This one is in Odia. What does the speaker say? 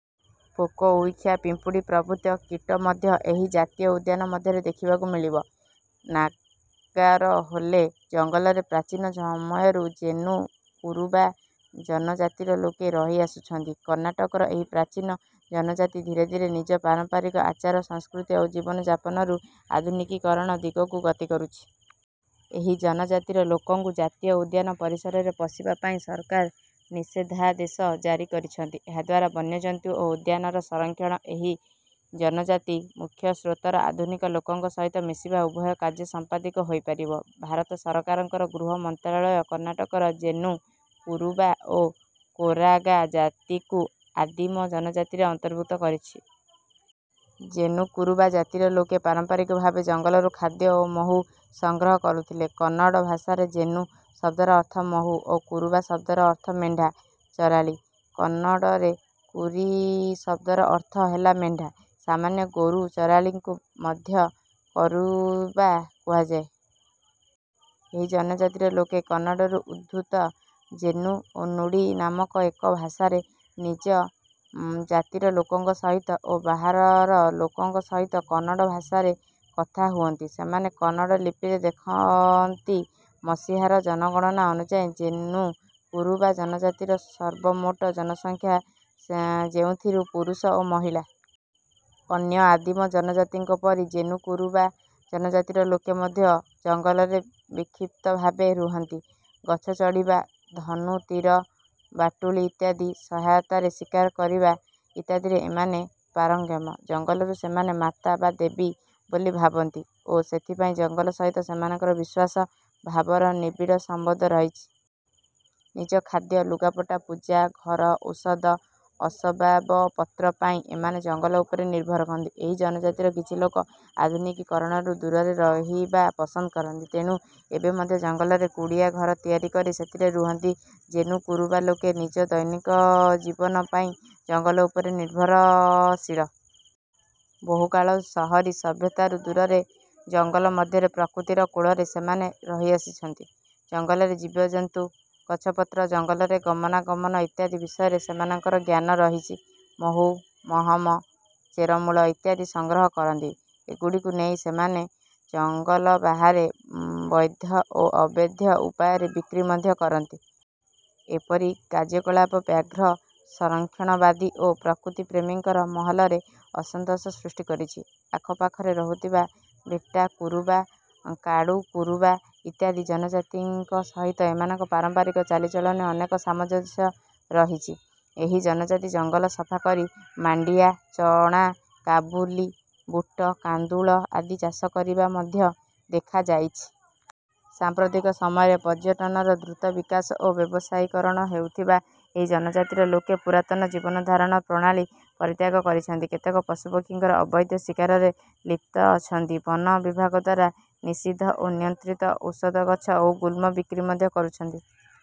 ପୋକ, ଊଈଖିଆ ପିମ୍ପୁଡ଼ି ପ୍ରଭୃତି କୀଟ ମଧ୍ୟ ଏହି ଜାତୀୟ ଉଦ୍ୟାନ ମଧ୍ୟରେ ଦେଖିବାକୁ ମିଳିବ। ନାଗାରହୋଳେ ଜଙ୍ଗଲରେ ପ୍ରାଚୀନ ସମୟରୁ ଜେନୁ କୁରୁବା ଜନଜାତିର ଲୋକେ ରହିଆସୁଛନ୍ତି। କର୍ଣ୍ଣାଟକର ଏହି ପ୍ରାଚୀନ ଜନଜାତି ଧୀରେ ଧୀରେ ନିଜ ପାରମ୍ପରିକ ଆଚାର, ସଂସ୍କୃତି ଓ ଜୀବନଯାପନରୁ ଆଧୁନିକୀକରଣ ଦିଗକୁ ଗତି କରୁଛି। ଏହି ଜନଜାତିର ଲୋକଙ୍କୁ ଜାତୀୟ ଉଦ୍ୟାନ ପରିସରରେ ପଶିବା ପାଇଁ ସରକାର ନିଷେଧାଦେଶ ଜାରି କରିଛନ୍ତି। ଏହାଦ୍ୱାରା ବନ୍ୟଜନ୍ତୁ ଓ ଉଦ୍ୟାନର ସଂରକ୍ଷଣ ଓ ଏହି ଜନଜାତି ମୁଖ୍ୟସ୍ରୋତର ଆଧୁନିକ ଲୋକଙ୍କ ସହିତ ମିଶିବା ଉଭୟ କାର୍ଯ୍ୟ ସମ୍ପାଦିତ ହୋଇପାରିବ। ଭାରତ ସରକାରଙ୍କ ଗୃହ ମନ୍ତ୍ରଣାଳୟ କର୍ଣ୍ଣାଟକର ଜେନୁ କୁରୁବା ଓ କୋରାଗା ଜାତିଙ୍କୁ ଆଦିମ ଜନଜାତିରେ ଅନ୍ତର୍ଭୁକ୍ତ କରିଛି। ଜେନୁ କୁରୁବା ଜାତିର ଲୋକେ ପାରମ୍ପରିକ ଭାବେ ଜଙ୍ଗଲରୁ ଖାଦ୍ୟ ଓ ମହୁ ସଂଗ୍ରହ କରୁଥିଲେ। କନ୍ନଡ଼ ଭାଷାରେ ଜେନୁ ଶବ୍ଦର ଅର୍ଥ ମହୁ ଓ କୁରୁବା ଶବ୍ଦର ଅର୍ଥ ମେଣ୍ଢା ଚରାଳୀ। କନ୍ନଡ଼ରେ କୁରି ଶବ୍ଦର ଅର୍ଥ ହେଲା ମେଣ୍ଢା। ସାମାନ୍ୟ ଗୋରୁ ଚରାଳୀଙ୍କୁ ମଧ୍ୟ କୁରୁବା କୁହାଯାଏ। ଏହି ଜନଜାତିର ଲୋକେ କନ୍ନଡ଼ରୁ ଉଦ୍ଧୃତ ଜେନୁ-ନୁଡ଼ି ନାମକ ଏକ ଭାଷାରେ ନିଜ ଜାତି ଲୋକଙ୍କ ସହିତ ଓ ବାହାରର ଲୋକଙ୍କ ସହିତ କନ୍ନଡ଼ ଭାଷାରେ କଥା ହୁଅନ୍ତି। ସେମାନେ କନ୍ନଡ଼ ଲିପିରେ ଲେଖନ୍ତି। ମସିହାର ଜନଗଣନା ଅନୁଯାୟୀ ଜେନୁ-କୁରୁବା ଜନଜାତିର ସର୍ବମୋଟ ଜନସଂଖ୍ୟା, ଯେଉଁଥିରୁ ପୁରୁଷ ଓ ମହିଳା। ଅନ୍ୟ ଆଦିମ ଜନଜାତିଙ୍କ ପରି ଜେନୁ କୁରୁବା ଜନଜାତିର ଲୋକେ ମଧ୍ୟ ଜଙ୍ଗଲରେ ବିକ୍ଷିପ୍ତ ଭାବେ ରୁହନ୍ତି। ଗଛ ଚଢ଼ିବା, ଧନୁ-ତୀର-ବାଟୁଳି ଇତ୍ୟାଦି ସହାୟତାରେ ଶିକାର କରିବା ଇତ୍ୟାଦିରେ ଏମାନେ ପାରଙ୍ଗମ। ଜଙ୍ଗଲକୁ ସେମାନେ ମାତା ବା ଦେବୀ ବୋଲି ଭାବନ୍ତି ଓ ସେଥିପାଇଁ ଜଙ୍ଗଲ ସହିତ ସେମାନଙ୍କ ବିଶ୍ୱାସ, ଭାବର ନିବିଡ଼ ସମ୍ବନ୍ଧ ରହିଛି। ନିଜ ଖାଦ୍ୟ, ଲୁଗାପଟା, ପୂଜା, ଘର, ଔଷଧ, ଅସବାବପତ୍ର ପାଇଁ ଏମାନେ ଜଙ୍ଗଲ ଉପରେ ନିର୍ଭର କରନ୍ତି। ଏହି ଜନଜାତିର କିଛି ଲୋକ ଆଧୁନିକୀକରଣରୁ ଦୂରରେ ରହିବା ପସନ୍ଦ କରନ୍ତି, ତେଣୁ ଏବେ ମଧ୍ୟ ଜଙ୍ଗଲରେ କୁଡ଼ିଆ ଘର ତିଆରି କରି ସେଥିରେ ରୁହନ୍ତି। ଜେନୁ କୁରୁବା ଲୋକେ ନିଜ ଦୈନନ୍ଦିନ ଜୀବନ ପାଇଁ ଜଙ୍ଗଲ ଉପରେ ନିର୍ଭରଶୀଳ। ବହୁ କାଳରୁ ସହରୀ ସଭ୍ୟତାରୁ ଦୂରରେ, ଜଙ୍ଗଲ ମଧ୍ୟରେ ପ୍ରକୃତିର କୋଳରେ ସେମାନେ ରହିଆସିଛନ୍ତି। ଜଙ୍ଗଲର ଜୀବଜନ୍ତୁ, ଗଛପତ୍ର, ଜଙ୍ଗଲରେ ଗମନାଗମନ ଇତ୍ୟାଦି ବିଷୟରେ ସେମାନଙ୍କର ଜ୍ଞାନ ରହିଛି। ମହୁ, ମହମ, ଚେରମୂଳ ଇତ୍ୟାଦି ସଂଗ୍ରହ କରନ୍ତି। ଏଗୁଡ଼ିକୁ ନେଇ ସେମାନେ ଜଙ୍ଗଲ ବାହାରେ ବୈଧ ଓ ଅବୈଧ ଉପାୟରେ ବିକ୍ରି ମଧ୍ୟ କରନ୍ତି। ଏପରି କାର୍ଯ୍ୟକଳାପ ବ୍ୟାଘ୍ର ସଂରକ୍ଷଣବାଦୀ ଓ ପ୍ରକୃତିପ୍ରେମୀଙ୍କ ମହଲରେ ଅସନ୍ତୋଷ ସୃଷ୍ଟି କରିଛି। ଆଖପାଖରେ ରହୁଥିବା ବେଟ୍ଟା କୁରୁବା, କାଡ଼ୁ କୁରୁବା ଇତ୍ୟାଦି ଜନଜାତିଙ୍କ ସହିତ ଏମାନଙ୍କ ପାରମ୍ପରିକ ଚାଲିଚଳନର ଅନେକ ସାମଞ୍ଜସ୍ୟ ରହିଛି। ଏହି ଜନଜାତି ଜଙ୍ଗଲ ସଫା କରି ମାଣ୍ଡିଆ, ଚଣା, କାବୁଲି ବୁଟ, କାନ୍ଦୁଲ ଆଦି ଚାଷ କରିବା ମଧ୍ୟ ଦେଖାଯାଇଛି। ସାମ୍ପ୍ରତିକ ସମୟରେ ପର୍ଯ୍ୟଟନର ଦ୍ରୁତ ବିକାଶ ଓ ବ୍ୟବସାୟୀକରଣ ହେଉଥିବାରୁ ଏହି ଜନଜାତିର ଲୋକେ ପୁରାତନ ଜୀବନଧାରଣ ପ୍ରଣାଳୀ ପରିତ୍ୟାଗ କରିଛନ୍ତି। କେତେକ ପଶୁପକ୍ଷୀଙ୍କ ଅବୈଧ ଶିକାରରେ ଲିପ୍ତ ଅଛନ୍ତି। ବନ ବିଭାଗଦ୍ୱାରା ନିଷିଦ୍ଧ ଓ ନିୟନ୍ତ୍ରିତ ଔଷଧିଗଛ ଓ ଗୁଳ୍ମ ବିକ୍ରି ମଧ୍ୟ କରୁଛନ୍ତି।